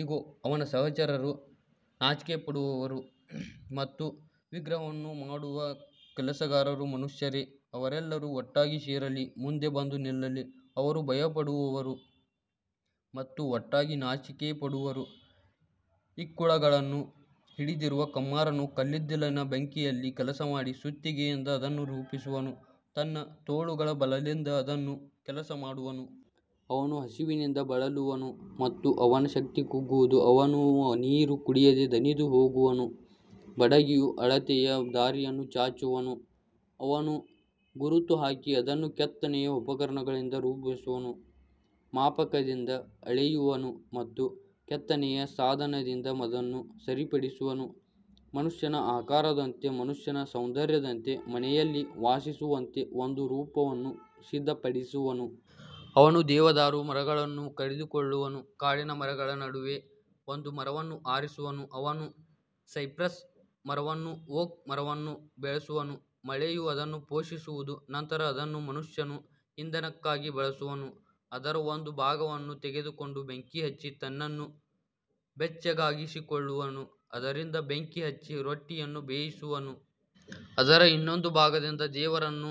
ಇಗೋ, ಅವನ ಎಲ್ಲಾ ಸಹಚರರು ನಾಚಿಕೆಪಡುವರು ಮತ್ತು ವಿಗ್ರಹವನ್ನು ಮಾಡುವ ಕೆಲಸಗಾರರೂ ಮನುಷ್ಯರೇ. ಅವರೆಲ್ಲರೂ ಒಟ್ಟಾಗಿ ಸೇರಲಿ, ಮುಂದೆ ಬಂದು ನಿಲ್ಲಲಿ. ಅವರು ಭಯಪಡುವರು ಮತ್ತು ಒಟ್ಟಾಗಿ ನಾಚಿಕೆಪಡುವರು. ಇಕ್ಕುಳಗಳನ್ನು ಹಿಡಿದಿರುವ ಕಮ್ಮಾರನು ಕಲ್ಲಿದ್ದಲಿನ ಬೆಂಕಿಯಲ್ಲಿ ಕೆಲಸಮಾಡಿ ಸುತ್ತಿಗೆಯಿಂದ ಅದನ್ನು ರೂಪಿಸುವನು. ತನ್ನ ತೋಳುಗಳ ಬಲದಿಂದ ಅದನ್ನು ಕೆಲಸಮಾಡುವನು. ಅವನು ಹಸಿವಿನಿಂದ ಬಳಲುವನು ಮತ್ತು ಅವನ ಶಕ್ತಿ ಕುಗ್ಗುವುದು. ಅವನು ನೀರು ಕುಡಿಯದೆ ದಣಿದುಹೋಗುವನು. ಬಡಗಿಯು ಅಳತೆಯ ದಾರಿಯನ್ನು ಚಾಚುವನು. ಅವನು ಗುರುತು ಹಾಕಿ ಅದನ್ನು ಕೆತ್ತನೆಯ ಉಪಕರಣಗಳಿಂದ ರೂಪಿಸುವನು. ಮಾಪಕದಿಂದ ಅಳೆಯುವನು ಮತ್ತು ಕೆತ್ತನೆಯ ಸಾಧನದಿಂದ ಅದನ್ನು ಸರಿಪಡಿಸುವನು. ಮನುಷ್ಯನ ಆಕಾರದಂತೆ, ಮನುಷ್ಯನ ಸೌಂದರ್ಯದಂತೆ, ಮನೆಯಲ್ಲಿ ವಾಸಿಸುವಂತೆ ಒಂದು ರೂಪವನ್ನು ಸಿದ್ಧಪಡಿಸುವನು. ಅವನು ದೇವದಾರು ಮರಗಳನ್ನು ಕಡಿದುಕೊಳ್ಳುವನು. ಕಾಡಿನ ಮರಗಳ ನಡುವೆ ಒಂದು ಮರವನ್ನು ಆರಿಸುವನು. ಅವನು ಸೈಪ್ರಸ್ ಮರವನ್ನೂ ಓಕ್ ಮರವನ್ನೂ ಬೆಳೆಸುವನು. ಮಳೆಯು ಅದನ್ನು ಪೋಷಿಸುವುದು. ನಂತರ ಅದನ್ನು ಮನುಷ್ಯನು ಇಂಧನಕ್ಕಾಗಿ ಬಳಸುವನು. ಅದರ ಒಂದು ಭಾಗವನ್ನು ತೆಗೆದುಕೊಂಡು ಬೆಂಕಿ ಹಚ್ಚಿ ತನ್ನನ್ನು ಬೆಚ್ಚಗಾಗಿಸಿಕೊಳ್ಳುವನು. ಅದರಿಂದ ಬೆಂಕಿ ಹಚ್ಚಿ ರೊಟ್ಟಿಯನ್ನು ಬೇಯಿಸುವನು. ಅದರ ಇನ್ನೊಂದು ಭಾಗದಿಂದ ದೇವರನ್ನು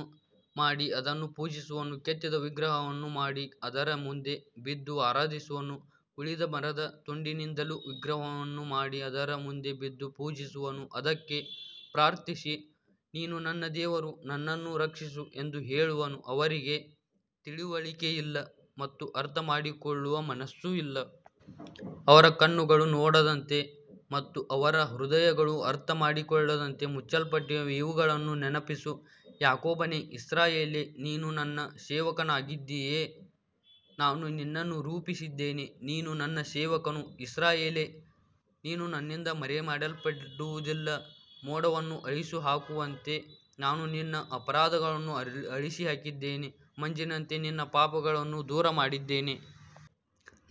ಮಾಡಿ ಅದನ್ನು ಪೂಜಿಸುವನು. ಕೆತ್ತಿದ ವಿಗ್ರಹವನ್ನು ಮಾಡಿ ಅದರ ಮುಂದೆ ಬಿದ್ದು ಆರಾಧಿಸುವನು. ಉಳಿದ ಮರದ ತುಂಡಿನಿಂದಲೂ ವಿಗ್ರಹವನ್ನು ಮಾಡಿ ಅದರ ಮುಂದೆ ಬಿದ್ದು ಪೂಜಿಸುವನು. ಅದಕ್ಕೆ ಪ್ರಾರ್ಥಿಸಿ, ನೀನು ನನ್ನ ದೇವರು, ನನ್ನನ್ನು ರಕ್ಷಿಸು ಎಂದು ಹೇಳುವನು. ಅವರಿಗೆ ತಿಳುವಳಿಕೆ ಇಲ್ಲ ಮತ್ತು ಅರ್ಥಮಾಡಿಕೊಳ್ಳುವ ಮನಸ್ಸೂ ಇಲ್ಲ. ಅವರ ಕಣ್ಣುಗಳು ನೋಡದಂತೆ ಮತ್ತು ಅವರ ಹೃದಯಗಳು ಅರ್ಥಮಾಡಿಕೊಳ್ಳದಂತೆ ಮುಚ್ಚಲ್ಪಟ್ಟಿವೆ. ಇವುಗಳನ್ನು ನೆನಪಿಸು, ಯಾಕೋಬನೇ, ಇಸ್ರಾಯೇಲೇ, ನೀನು ನನ್ನ ಸೇವಕನಾಗಿದ್ದೀಯೆ. ನಾನು ನಿನ್ನನ್ನು ರೂಪಿಸಿದ್ದೇನೆ. ನೀನು ನನ್ನ ಸೇವಕನು. ಇಸ್ರಾಯೇಲೇ, ನೀನು ನನ್ನಿಂದ ಮರೆಯಲ್ಪಡುವುದಿಲ್ಲ. ಮೋಡವನ್ನು ಅಳಿಸಿಹಾಕುವಂತೆ ನಾನು ನಿನ್ನ ಅಪರಾಧಗಳನ್ನು ಅಳಿಸಿಹಾಕಿದ್ದೇನೆ. ಮಂಜಿನಂತೆ ನಿನ್ನ ಪಾಪಗಳನ್ನು ದೂರಮಾಡಿದ್ದೇನೆ.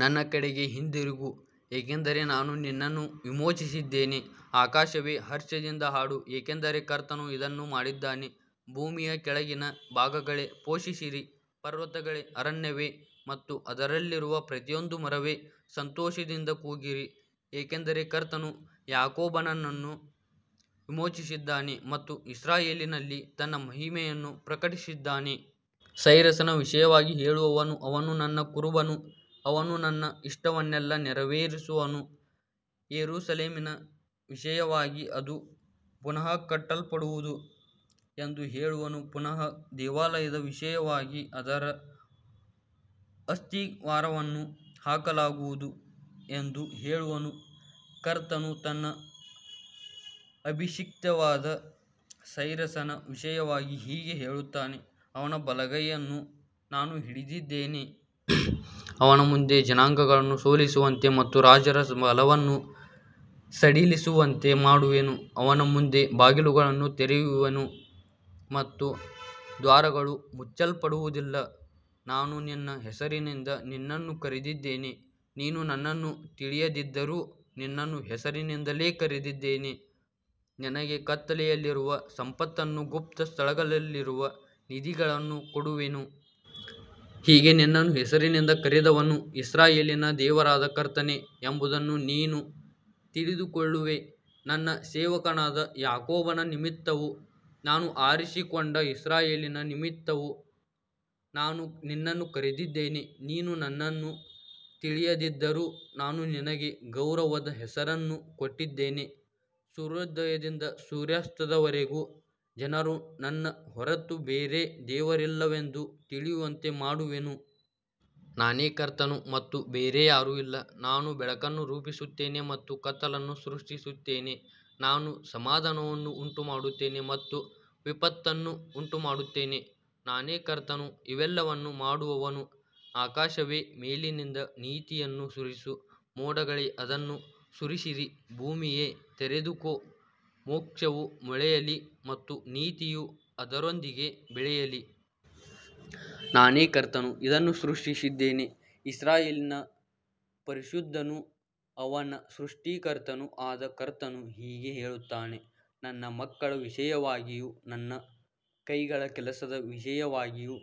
ನನ್ನ ಕಡೆಗೆ ಹಿಂದಿರುಗು, ಏಕೆಂದರೆ ನಾನು ನಿನ್ನನ್ನು ವಿಮೋಚಿಸಿದ್ದೇನೆ. ಆಕಾಶವೇ, ಹರ್ಷದಿಂದ ಹಾಡು, ಏಕೆಂದರೆ ಕರ್ತನು ಇದನ್ನು ಮಾಡಿದ್ದಾನೆ. ಭೂಮಿಯ ಕೆಳಗಿನ ಭಾಗಗಳೇ, ಘೋಷಿಸಿರಿ. ಪರ್ವತಗಳೇ, ಅರಣ್ಯವೇ ಮತ್ತು ಅದರಲ್ಲಿರುವ ಪ್ರತಿಯೊಂದು ಮರವೇ, ಸಂತೋಷದಿಂದ ಕೂಗಿರಿ. ಏಕೆಂದರೆ ಕರ್ತನು ಯಾಕೋಬನನ್ನು ವಿಮೋಚಿಸಿದ್ದಾನೆ ಮತ್ತು ಇಸ್ರಾಯೇಲಿನಲ್ಲಿ ತನ್ನ ಮಹಿಮೆಯನ್ನು ಪ್ರಕಟಿಸಿದ್ದಾನೆ. ಸೈರಸನ ವಿಷಯವಾಗಿ ಹೇಳುವವನು, ಅವನು ನನ್ನ ಕುರುಬನು. ಅವನು ನನ್ನ ಇಷ್ಟವನ್ನೆಲ್ಲ ನೆರವೇರಿಸುವನು. ಯೆರೂಸಲೇಮಿನ ವಿಷಯವಾಗಿ, ಅದು ಪುನಃ ಕಟ್ಟಲ್ಪಡುವುದು ಎಂದು ಹೇಳುವನು ಮತ್ತು ದೇವಾಲಯದ ವಿಷಯವಾಗಿ, ಅದರ ಅಸ್ತಿವಾರವನ್ನು ಹಾಕಲಾಗುವುದು ಎಂದು ಹೇಳುವನು. ಕರ್ತನು ತನ್ನ ಅಭಿಷಿಕ್ತನಾದ ಸೈರಸನ ವಿಷಯವಾಗಿ ಹೀಗೆ ಹೇಳುತ್ತಾನೆ. ಅವನ ಬಲಗೈಯನ್ನು ನಾನು ಹಿಡಿದಿದ್ದೇನೆ. ಅವನ ಮುಂದೆ ಜನಾಂಗಗಳನ್ನು ಸೋಲಿಸುವಂತೆ ಮತ್ತು ರಾಜರ ಬಲವನ್ನು ಸಡಿಲಿಸುವಂತೆ ಮಾಡುವೆನು. ಅವನ ಮುಂದೆ ಬಾಗಿಲುಗಳನ್ನು ತೆರೆಯುವೆನು ಮತ್ತು ದ್ವಾರಗಳು ಮುಚ್ಚಲ್ಪಡುವುದಿಲ್ಲ. ನಾನು ನಿನ್ನ ಹೆಸರಿನಿಂದ ನಿನ್ನನ್ನು ಕರೆದಿದ್ದೇನೆ. ನೀನು ನನ್ನನ್ನು ತಿಳಿಯದಿದ್ದರೂ ನಿನ್ನನ್ನು ಹೆಸರಿನಿಂದಲೇ ಕರೆದಿದ್ದೇನೆ. ನಿನಗೆ ಕತ್ತಲೆಯಲ್ಲಿರುವ ಸಂಪತ್ತನ್ನೂ ಗುಪ್ತ ಸ್ಥಳಗಳಲ್ಲಿರುವ ನಿಧಿಗಳನ್ನೂ ಕೊಡುವೆನು. ಹೀಗೆ ನಿನ್ನನ್ನು ಹೆಸರಿನಿಂದ ಕರೆದವನು ಇಸ್ರಾಯೇಲಿನ ದೇವರಾದ ಕರ್ತನೇ ಎಂಬುದನ್ನು ನೀನು ತಿಳಿದುಕೊಳ್ಳುವೆ. ನನ್ನ ಸೇವಕನಾದ ಯಾಕೋಬನ ನಿಮಿತ್ತವೂ ನಾನು ಆರಿಸಿಕೊಂಡ ಇಸ್ರಾಯೇಲಿನ ನಿಮಿತ್ತವೂ ನಾನು ನಿನ್ನನ್ನು ಕರೆದಿದ್ದೇನೆ. ನೀನು ನನ್ನನ್ನು ತಿಳಿಯದಿದ್ದರೂ ನಾನು ನಿನಗೆ ಗೌರವದ ಹೆಸರನ್ನು ಕೊಟ್ಟಿದ್ದೇನೆ. ಸೂರ್ಯೋದಯದಿಂದ ಸೂರ್ಯಾಸ್ತದವರೆಗೆ ಜನರು ನನ್ನ ಹೊರತು ಬೇರೆ ದೇವರಿಲ್ಲವೆಂದು ತಿಳಿಯುವಂತೆ ಮಾಡುವೆನು. ನಾನೇ ಕರ್ತನು ಮತ್ತು ಬೇರೆ ಯಾರೂ ಇಲ್ಲ. ನಾನು ಬೆಳಕನ್ನು ರೂಪಿಸುತ್ತೇನೆ ಮತ್ತು ಕತ್ತಲೆಯನ್ನು ಸೃಷ್ಟಿಸುತ್ತೇನೆ. ನಾನು ಸಮಾಧಾನವನ್ನು ಉಂಟುಮಾಡುತ್ತೇನೆ ಮತ್ತು ವಿಪತ್ತನ್ನು ಉಂಟುಮಾಡುತ್ತೇನೆ. ನಾನೇ ಕರ್ತನು, ಇವೆಲ್ಲವನ್ನೂ ಮಾಡುವವನು. ಆಕಾಶವೇ, ಮೇಲಿನಿಂದ ನೀತಿಯನ್ನು ಸುರಿಸು. ಮೋಡಗಳೇ, ಅದನ್ನು ಸುರಿಸಿರಿ. ಭೂಮಿಯೇ, ತೆರೆದುಕೋ. ಮೋಕ್ಷವು ಮೊಳೆಯಲಿ ಮತ್ತು ನೀತಿಯು ಅದರೊಂದಿಗೆ ಬೆಳೆಯಲಿ. ನಾನೇ ಕರ್ತನು ಇದನ್ನು ಸೃಷ್ಟಿಸಿದ್ದೇನೆ. ಇಸ್ರಾಯೇಲಿನ ಪರಿಶುದ್ಧನೂ ಅವನ ಸೃಷ್ಟಿಕರ್ತನೂ ಆದ ಕರ್ತನು ಹೀಗೆ ಹೇಳುತ್ತಾನೆ. ನನ್ನ ಮಕ್ಕಳ ವಿಷಯವಾಗಿಯೂ ನನ್ನ ಕೈಗಳ ಕೆಲಸದ ವಿಷಯವಾಗಿಯೂ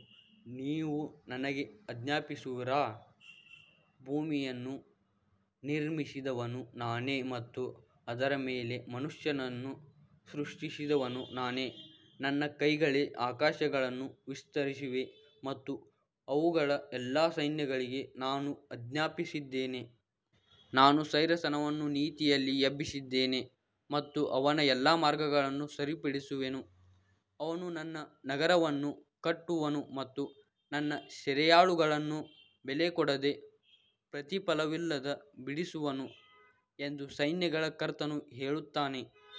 ನೀವು ನನಗೆ ಆಜ್ಞಾಪಿಸುವಿರಾ? ಭೂಮಿಯನ್ನು ನಿರ್ಮಿಸಿದವನು ನಾನೇ ಮತ್ತು ಅದರ ಮೇಲೆ ಮನುಷ್ಯನನ್ನು ಸೃಷ್ಟಿಸಿದವನು ನಾನೇ. ನನ್ನ ಕೈಗಳೇ ಆಕಾಶಗಳನ್ನು ವಿಸ್ತರಿಸಿವೆ ಮತ್ತು ಅವುಗಳ ಎಲ್ಲಾ ಸೈನ್ಯಗಳಿಗೆ ನಾನು ಆಜ್ಞಾಪಿಸಿದ್ದೇನೆ. ನಾನು ಸೈರಸನನ್ನು ನೀತಿಯಲ್ಲಿ ಎಬ್ಬಿಸಿದ್ದೇನೆ ಮತ್ತು ಅವನ ಎಲ್ಲಾ ಮಾರ್ಗಗಳನ್ನು ಸರಿಪಡಿಸುವೆನು. ಅವನು ನನ್ನ ನಗರವನ್ನು ಕಟ್ಟುವನು ಮತ್ತು ನನ್ನ ಸೆರೆಯಾಳುಗಳನ್ನು ಬೆಲೆಕೊಡದೆ, ಪ್ರತಿಫಲವಿಲ್ಲದೆ ಬಿಡಿಸುವನು ಎಂದು ಸೈನ್ಯಗಳ ಕರ್ತನು ಹೇಳುತ್ತಾನೆ.